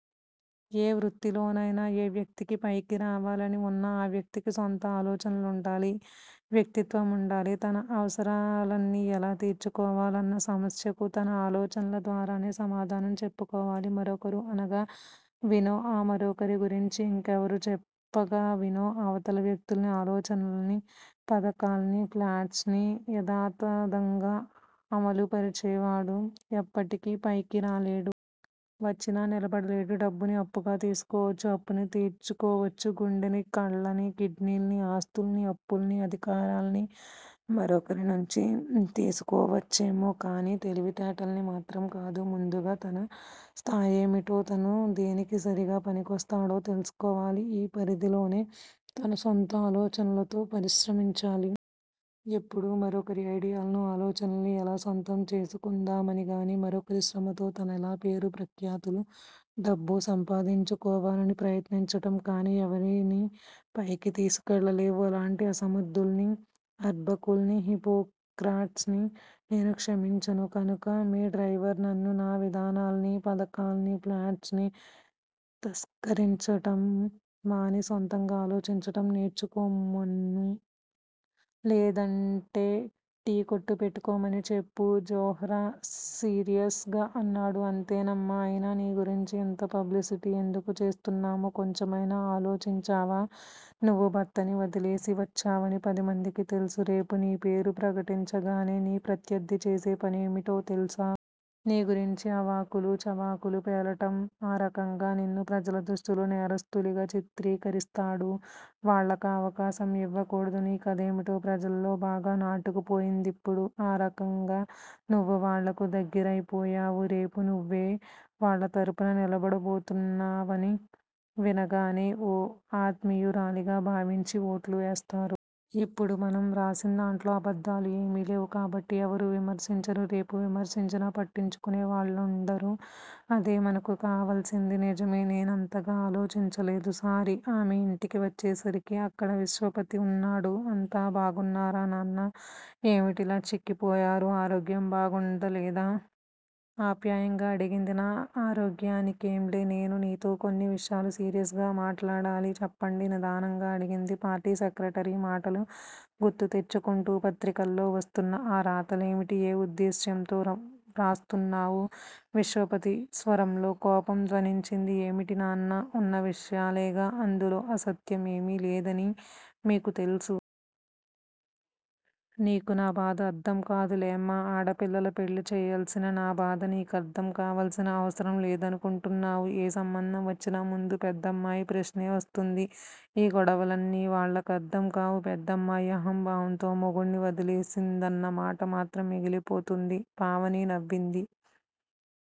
ఏ వృత్తిలోనైనా, ఏ వ్యక్తికి పైకి రావాలని ఉన్నా ఆ వ్యక్తికి సొంత ఆలోచనలుండాలి వ్యక్తిత్వముండాలి. తన అవసరాన్ని ఎలా తీర్చుకోవాలన్న సమస్యకు తన ఆలోచనల ద్వారానే సమాధానం చెప్పుకోవాలి. మరొకరు అనగా వినో, ఆ మరొకరి గురించి ఇంకెవరో చెప్పగా వినో అవతల వ్యక్తుల ఆలోచనల్ని, పథకాల్ని, ఫ్లాట్స్ ని యధాతధంగా అమలుపరిచేవాడు ఎప్పటికీ పైకి రాలేడు. వచ్చినా నిలబడలేడు. డబ్బుని అప్పుగా తీసుకోవచ్చు. అప్పుని తీర్చుకోవచ్చు. గుండెని, కళ్ళను, కిడ్నీల్ని, ఆస్తుల్ని, అప్పుల్ని, అధికారాల్ని మరొకరి నుంచి తీసుకోవచ్చేమో కాని తెలివితేటల్ని మాత్రం కాదు. ముందుగా తన స్థాయేమిటో తను దేనికి సరిగ్గా పనికొస్తాడో తెలుసుకోవాలి. ఆ పరిధిలోనే తన సొంత ఆలోచనలతో పరిశ్రమించాలి. ఎప్పుడూ మరొకరి ఐడియాలను, ఆలోచనల్ని ఎలా సొంతం చేసుకుందామనిగాని, మరొకరి శ్రమతో తనెలా పేరు ప్రఖ్యాతులు, డబ్బు సంపాదించుకోవాలని ప్రయత్నించటం కాని ఎవరినీ పైకి తీసుకెళ్ళలేవు. అలాంటి అసమర్ధుల్ని, అర్భకుల్ని, హిపోక్రాట్స్ ని నేను క్షమించను. కనుక మీ డ్రైవర్ నన్ను, నా విధానాల్ని, పధకాల్ని, ప్లాట్స్ ని తస్కరించటం మాని సొంతంగా ఆలోచించటం నేర్చుకొమ్మను. లేదంటే టీ కొట్టు పెట్టుకోమని చెప్పు జోహ్రా సీరియస్ గా అన్నాడు. అంతేనమ్మా! అయినా నీ గురించి ఇంత పబ్లిసిటీ ఎందుకు చేస్తున్నామో కొంచెమైనా ఆలోచించావా? నువ్వు భర్తని వదిలేసి వచ్చావాని పదిమందికీ తెలుసు. రేపు నీ పేరు ప్రకటించగానే నీ ప్రత్యర్ధి చేసే పనేమిటో తెలుసా? నీ గురించి అవాకులు చవాకులు పేలడం. ఆ రకంగా నిన్ను ప్రజల దృష్టిలో నేరస్థురాలిగా చిత్రీకరిస్తాడు. వాళ్ళకా అవకాశం యివ్వకూడదు. నీ కథేమిటో ప్రజల్లో బాగా నాటుకుపోయిందిప్పుడు. ఆ రకంగా నువ్వు వాళ్ళకు దగ్గరయిపోయావు. రేపు నువ్వే వాళ్ళ తరపున నిలబడబోతున్నావాని వినగానే ఓ ఆత్మీయురాలిగా భావించి ఓట్లు వేస్తారు. ఇప్పుడు మనం రాసిందాంట్లో అబద్దాలు ఏమీ లేవు కాబట్టి ఎవరూ విమర్శించరు. రేపు విమర్శించినా పట్టించుకునే వాళ్ళుండరు. అదే మనకు కావాల్సింది. నిజమే! నేనంతగా ఆలోచించలేదు. సారీ ఆమె ఇంటికి వచ్చేసరికి అక్కడ విశ్వపతి వున్నాడు. అంతా బాగున్నారా నాన్నా? ఏమిటిలా చిక్కి పోయారు? ఆరోగ్యం బాగుండలేదా? ఆప్యాయంగా అడిగింది. నా ఆరోగ్యానికేంలే నేను నీతో కొన్ని విషయాలు సీరియస్ గా మాట్లాడాలి. చెప్పండి నిదానంగా అడిగింది పార్టీ సెక్రటరీ మాటలు గుర్తు తెచ్చుకుంటూ. పత్రికల్లో వస్తున్న ఆ రాతలేమిటి? ఏ ఉద్దేశ్యంతో వ్రాస్తున్నావు? విశ్వపతి స్వరంలో కోపం ధ్వనించింది. ఏమిటి నాన్న? ఉన్న విషయాలేగా అందులో అసత్యం ఏమీ లేదనీ మీకూ తెలుసు. నీకు నా బాధ అర్ధం కాదులేమ్మా ఆడపిల్లల పెళ్ళి చేయాల్సిన నా బాధ నీకర్ధం కావాల్సిన అవసరం లేదనుకుంటున్నావు. ఏ సంబంధం వచ్చినా ముందు పెద్దమ్మాయి ప్రశ్నే వస్తుంది. ఈ గొడవలన్నీ వాళ్ళకర్ధం కావు. పెద్దమ్మాయి అహంభావంతో మొగుడ్ని వదిలేసిందన్న మాట మాత్రం మిగిలిపోతుంది. పావని నవ్వింది.